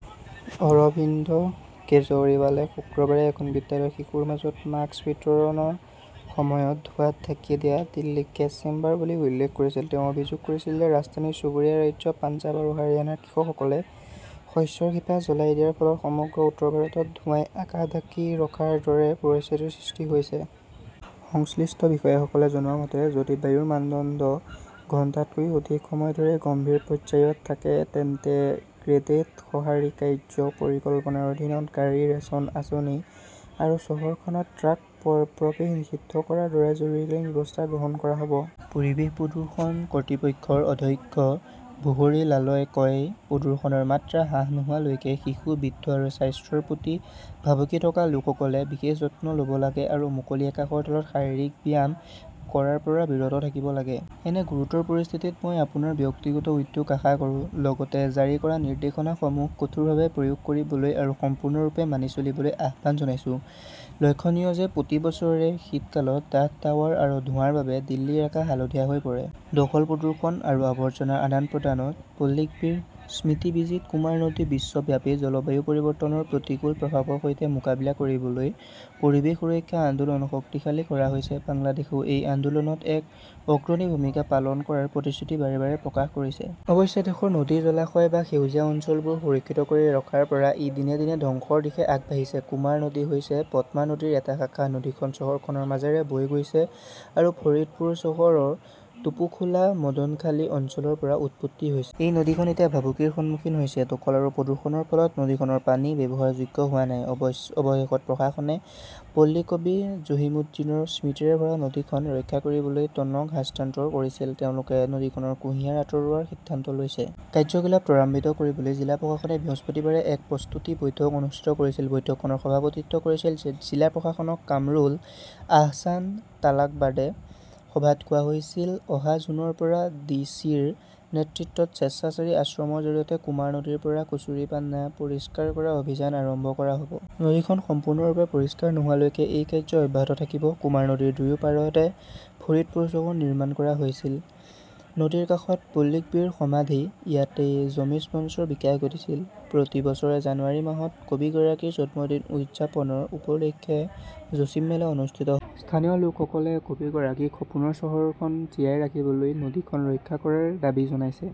অৰবিন্দ কেজৰিৱালে শুকুৰবাৰে এখন বিদ্যালয়ত শিশুৰ মাজত মাস্ক বিতৰণৰ সময়ত ধোঁৱাত ঢাকি দিয়া দিল্লীক গেছ চেম্বাৰ বুলি উল্লেখ কৰিছিল। তেওঁ অভিযোগ কৰিছিল যে ৰাজধানীৰ চুবুৰীয়া ৰাজ্য পঞ্জাৱ আৰু হাৰিয়ানাৰ কৃষকসকলে শস্যৰ শিপা জ্বলাই দিয়াৰ ফলত সমগ্ৰ উত্তৰ ভাৰতত ধোঁৱাই আকাশ ঢাকি ৰখাৰ দৰে পৰিস্থিতিৰ সৃষ্টি হৈছে। সংশ্লিষ্ট বিষয়াসকলে জনোৱা মতে, যদি বায়ুৰ মানদণ্ড ঘণ্টাতকৈও অধিক সময় ধৰি গম্ভীৰ পৰ্যায়ত থাকে তেন্তে গ্ৰেডেড সঁহাৰি কাৰ্য্য পৰিকল্পনাৰ অধীনত গাড়ী ,ৰেচন আঁচনি আৰু চহৰখনত ট্ৰাক প্ৰৱেশ নিষিদ্ধ কৰাৰ দৰে জৰুৰীকালীন ব্যৱস্থা গ্ৰহণ কৰা হ 'ব। পৰিৱেশ প্ৰদূষণ কৰ্তৃপক্ষৰ অধ্যক্ষ ভুহৰী লালই কয় প্ৰদূষণৰ মাত্ৰা হ্ৰাস নোহোৱালৈকে শিশু, বৃদ্ধ আৰু স্বাস্থ্যৰ প্ৰতি ভাবুকি থকা লোকসকলে বিশেষ যত্ন ল'ব লাগে আৰু মুকলি আকাশৰ তলত শাৰীৰিক ব্যায়াম কৰাৰ পৰা বিৰত থাকিব লাগে। এনে গুৰুতৰ পৰিস্থিতিত মই আপোনাৰ ব্যক্তিগত উদ্যোগ আশা কৰোঁ। লগতে, জাৰি কৰা নিৰ্দেশনাসমূহ কঠোৰভাৱে প্ৰয়োগ কৰিবলৈ আৰু সম্পূৰ্ণৰূপে মানি চলিবলৈ আহ্বান জনাইছো। লক্ষণীয় যে প্ৰতি বছৰে শীতকালত ডাঠ ডাৱৰ আৰু ধোঁৱাৰ বাবে দিল্লীৰ আকাশ হালধীয়া হৈ পৰে। দখল প্ৰদূষণ আৰু আৱৰ্জনাৰ আদান-প্ৰদানত পল্লিকবীৰ স্মৃতি-বিজিত কুমাৰ নদী বিশ্বব্যাপী জলবায়ু পৰিৱৰ্তনৰ প্ৰতিকূল প্ৰভাৱৰ সৈতে মোকাবিলা কৰিবলৈ পৰিৱেশ সুৰক্ষা আন্দোলন শক্তিশালী কৰা হৈছে। বাংলাদেশেও এই আন্দোলনত এক অগ্ৰণী ভূমিকা পালন কৰাৰ প্ৰতিশ্ৰুতি বাৰে -বাৰে প্ৰকাশ কৰিছে। অৱশ্যে দেশৰ নদী, জলাশয় বা সেউজীয়া অঞ্চলবোৰ সুৰক্ষিত কৰি ৰখাৰ পৰা ই দিনে- দিনে ধ্বংসৰ দিশে আগবাঢ়িছে। কুমাৰ নদী হৈছে পদ্মা নদীৰ এটা শাখা। নদীখন চহৰখনৰ মাজেৰে বৈ গৈছে আৰু ফৰিদপুৰ চহৰৰ টেপাখোলা মদনখালী অঞ্চলৰ পৰা উৎপত্তি হৈছে। এই নদীখন এতিয়া ভাবুকিৰ সন্মুখীন হৈছে। দখল আৰু প্ৰদূষণৰ ফলত নদীখনৰ পানী ব্যৱহাৰযোগ্য হোৱা নাই। অৱশেষত প্ৰশাসনে পল্লিকবী জছিমুদ্দিনৰ স্মৃতিৰে ভৰা নদীখন ৰক্ষা কৰিবলৈ টনক স্থানান্তৰ কৰিছিল। তেওঁলোকে নদীখনৰ কুঁহিয়াৰ আঁতৰোৱাৰ সিদ্ধান্ত লৈছে। কাৰ্যকলাপ ত্বৰান্বিত কৰিবলৈ জিলা প্ৰশাসনে বৃহস্পতিবাৰে এক প্ৰস্তুতি বৈঠক অনুষ্ঠিত কৰিছিল। বৈঠকখনৰ সভাপতিত্ব কৰিছিল জিলা প্ৰশাসক কামৰুল আহছান তালকাৰ্ডে। সভাত কোৱা হৈছিল অহা জুনৰ পৰা ডি চি ৰ নেতৃত্বত স্বেচ্ছাচাৰী আশ্ৰমৰ জৰিয়তে কুমাৰ নদীৰ পৰা কুচুৰিপানা পৰিষ্কাৰ কৰা অভিযান আৰম্ভ কৰা হ' ব। নদীখন সম্পূৰ্ণৰূপে পৰিষ্কাৰ নোহোৱালৈকে এই কাৰ্যকলাপ অব্যাহত থাকিব। কুমাৰ নদীৰ দুয়ো পাৰতে ফৰিদপুৰ চহৰ নিৰ্মাণ কৰা হৈছে। নদীৰ কাষত পল্লিকবীৰ সমাধি। ইয়াতেই জছিম মঞ্চৰ বিকাশ ঘটিছিল। প্ৰতি বছৰে জানুৱাৰী মাহত কবিগৰাকীৰ জন্মদিন উদযাপনৰ উপলক্ষে জছিম মেলা অনুষ্ঠিত হয়। স্থানীয় লোকসকলে কবিগৰাকীৰ সপোনৰ চহৰখন জীয়াই ৰাখিবলৈ নদীখন ৰক্ষা কৰাৰ দাবী জনাইছে।